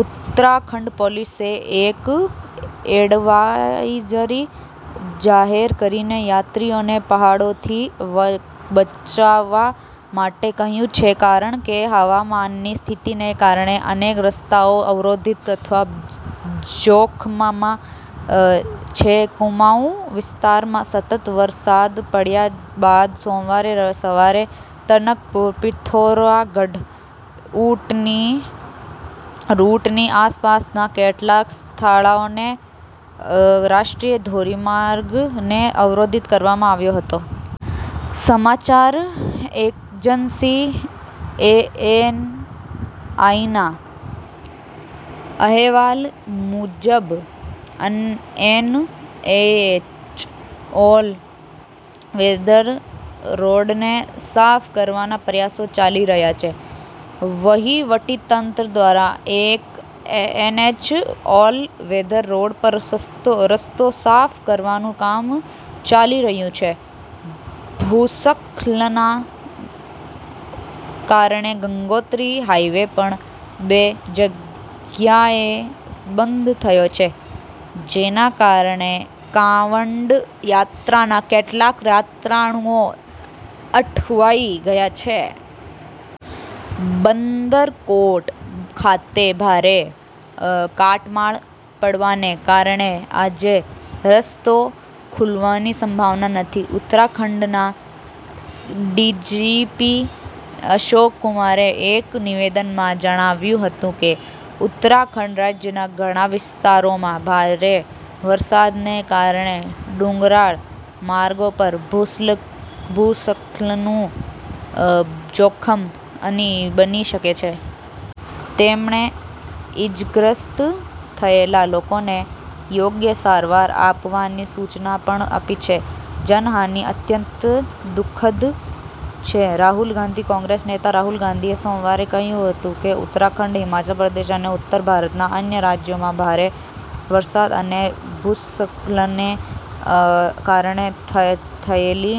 ઉત્તરાખંડ પોલીસે એક એડવાઇઝરી જાહેર કરીને યાત્રીઓને પહાડોથી બચવા માટે કહ્યું છે કારણ કે હવામાનની સ્થિતિને કારણે અનેક રસ્તાઓ અવરોધિત અથવા જોખમમાં છે. કુમાઉં વિસ્તારમાં સતત વરસાદ પડ્યા બાદ સોમવારે સવારે તનકપુર-પિથોરાગઢ રૂટની આસપાસના કેટલાક સ્થળોએ રાષ્ટ્રીય ધોરીમાર્ગ ને અવરોધિત કરવામાં આવ્યો હતો. સમાચાર એજન્સી એએનઆઈના અહેવાલ મુજબ એનએચ ઓલ વેધર રોડને સાફ કરવાના પ્રયાસો ચાલી રહ્યા છે. વહીવટીતંત્ર દ્વારા એનએચ ઓલ વેધર રોડ પર રસ્તો સાફ કરવાનું કામ ચાલી રહ્યું છે. ભૂસ્ખલનના કારણે ગંગોત્રી હાઇવે પણ બે જગ્યાએ બંધ થયો છે, જેના કારણે કાંવડ યાત્રાના કેટલાક યાત્રાળુઓ અટવાઈ ગયા છે. બંદરકોટ ખાતે ભારે કાટમાળ પડવાને કારણે આજે રસ્તો ખુલવાની સંભાવના નથી. ઉત્તરાખંડના ડીજીપી અશોક કુમારે એક નિવેદનમાં જણાવ્યું હતું કે ઉત્તરાખંડ રાજ્યના ઘણા વિસ્તારોમાં ભારે વરસાદને કારણે, ડુંગરાળ માર્ગો પર ભૂસ્ખલનનું જોખમ બની શકે છે. તેમણે ઇજાગ્રસ્ત થયેલા લોકોને યોગ્ય સારવાર આપવાની સૂચના પણ આપી છે. જાનહાનિ અત્યંત દુ:ખદ છે: રાહુલ ગાંધી કોંગ્રેસ નેતા રાહુલ ગાંધીએ સોમવારે કહ્યું હતું કે ઉત્તરાખંડ, હિમાચલ પ્રદેશ અને ઉત્તર ભારતના અન્ય રાજ્યોમાં ભારે વરસાદ અને ભૂસ્ખલનને કારણે થયેલી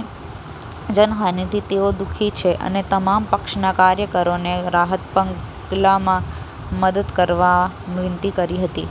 જાનહાનિથી તેઓ દુ:ખી છે અને તમામ પક્ષના કાર્યકરોને રાહત પગલાંમાં મદદ કરવા વિનંતી કરી હતી.